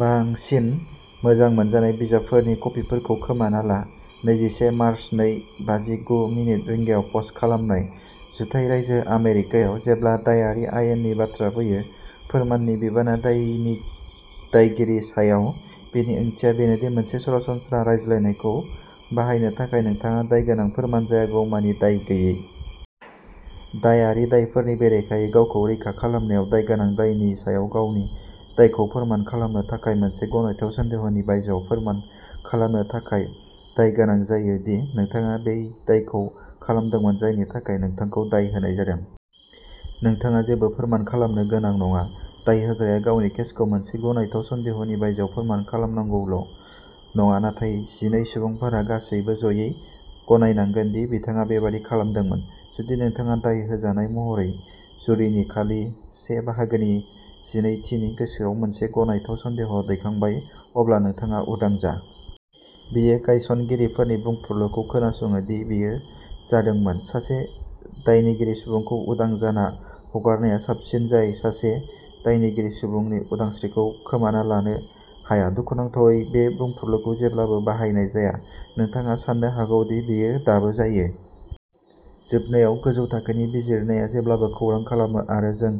बांसिन मोजां मोनजानाय बिजाबफोरनि कपिफोरखौ खोमाना ला। नैजिसे मार्च, नै बाजि गु मिनिट रिंगायाव पस्ट खालामनाय। जुथाइ रायजो आमेरिकायाव, जेब्ला दायारि आयेननि बाथ्रा फैयो, फोरमाननि बिबाना दायगिरिनि सायाव। बेनि ओंथिया बेनोदि, मोनसे सरासनस्रा रायज्लायनायखौ बाहायनो थाखाय नोंथाङा दायगोनां फोरमान जायागौमानि दाय गैयै। दायारि दायफोरनि बेरेखायै गावखौ रैखा खालामनायाव, दायगोनां दायनि सायाव गावनि दायखौ फोरमान खालामनो थाखाय मोनसे गनायथाव सन्देहनि बायजोआव फोरमान खालामनो थाखाय दाय गोनां जायो दि नोंथाङा बै दायखौ खालामदोंमोन जायनि थाखाय नोंथांखौ दाय होनाय जादों। नोंथाङा जेबो फोरमान खालामनो गोनां नङा। दाय होग्राया गावनि केसखौ मोनसे गनायथाव सन्देहनि बायजोआव फोरमान खालामनांगौल' नङा नाथाय जिनै सुबुंफोरा गासिबो ज'यै गनायनांगोन दि बिथाङा बेबादि खालामदोंमोन। जुदि नोंथाङा दाय होजानाय महरै, जुरिनि खालि से बाहागोनि जिनै थि नि गोसोआव मोनसे गनायथाव सन्देह दैखांबाय, अब्ला नोंथाङा उदां जा। बेयो गायसनगिरिफोरनि बुंफुरलुखौ खोनासङो दि बेयो जादोंमोन। सासे दायनिगिरि सुबुंखौ उदां जाना हगारनाया साबसिन जाय सासे दायनिगिरि सुबुंनि उदांस्रिखौ खोमाना लानो हाया। दुखुनांथावै, बे बुंफुरलुखौ जेब्लाबो बाहायनाय जाया। नोंथाङा साननो हागौ दि बेयो दाबो जायो। जोबनायाव, गोजौ थाखोनि बिजिरनाया जेब्लाबो खौरां खालामो आरो जों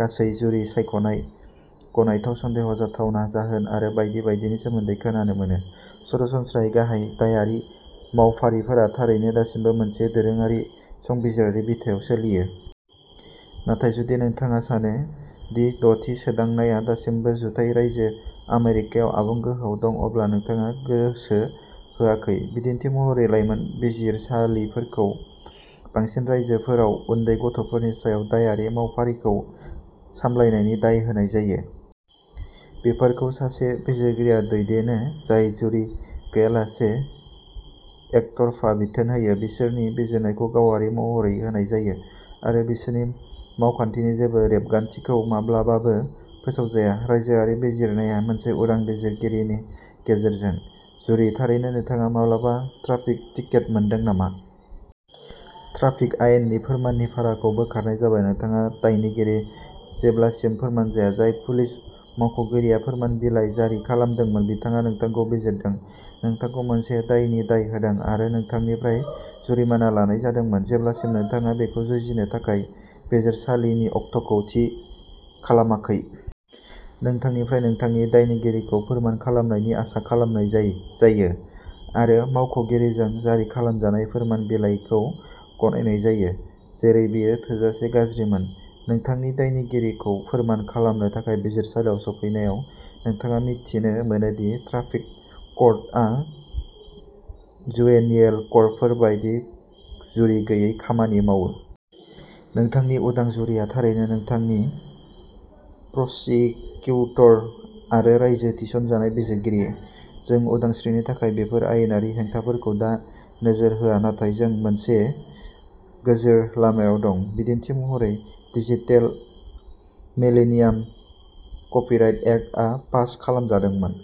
गासै जुरि सायख'नाय गनायथाव सन्देह जाथावना जाहोन आरो बायदि बायदिनि सोमोन्दै खोनानो मोनो। सरासनस्रायै, गाहाय दायारि मावफारिफोरा थारैनो दासिमबो मोनसे दोरोङारि, संबिजिरारि बिथायाव सोलियो। नाथाय जुदि नोंथाङा सानो दि द'थि सोदांनायआ दासिमबो जुथाइ रायजो आमेरिकायाव आबुं गोहोआव दं अब्ला नोंथाङा गोसो होआखै। बिदिन्थि महरै लाइमोन बिजिरसालिफोरखौ बांसिन रायजोफोराव उन्दै गथ'फोरनि सायाव दायारि मावफारिफोरखौ सामलायनायनि दाय होनाय जायो। बेफोरखौ सासे बिजिरगिरिया दैदेनो जाय जुरि गैयालासे एकतरफा बिथोन होयो, बिसोरनि बिजिरनायखौ गावारि महरै होनाय जायो, आरो बिसोरनि मावखान्थिनि जेबो रेबगान्थिखौ माब्लाबाबो फोसावजाया। रायजोआरि बिजिरनाया, मोनसे उदां बिजिरगिरिनि गेजेरजों। जुरि थारैनो, नोंथाङा माब्लाबा ट्राफिक टिकेट मोनदों नामा? ट्राफिक आयेननि फोरमाननि भाराखौ बोखारनाय जाबाय नोंथाङा दायनिगिरि जेब्लासिम फोरमान जाया। जाय पुलिस मावख'गिरिया फोरमान बिलाइ जारि खालामदोंमोन, बिथाङा नोंथांखौ बिजिरदों नोंथांखौ मोनसे दायनि दाय होदोंमोन आरो नोंथांनिफ्राय जुरिमाना लानाय जादोंमोन जेब्लासिम नोंथाङा बेखौ जुजिनो थाखाय बिजिरसालिनि अक्ट'थि खालामाखै। नोंथांनिफ्राय नोंथांनि दायनिगिरिखौ फोरमान खालामनायनि आसा खालामनाय जायो, आरो मावख'गिरिजों जारि खालामजानाय फोरमान बिलाइखौ गनायनाय जायो। जेरै बेयो थोजासे गाज्रिमोन, नोंथांनि दायनिगिरिखौ फोरमान खालामनो थाखाय बिजिरसालियाव सौफैनायाव नोंथाङा मिथिनो मोनो दि ट्राफिक कर्टआ जुवेनियेल कर्टफोर बायदि जुरि गैयै खामानि मावो। नोंथांनि उदां जुरिआ थारैनो नोंथांनि प्रसिकिउटर आरो रायजो थिसनजानाय बिजिरगिरि। जों उदांस्रिनि थाखाय बेफोर आयेनारि हेंथाफोरखौ दा नोजोर होआ नाथाय जों मोनसे गोजोर लामायाव दं। बिदिन्थि महरै डिजिटेल मिलेनियाम कपिराइट एक्ट आ पास खालामजादोंमोन।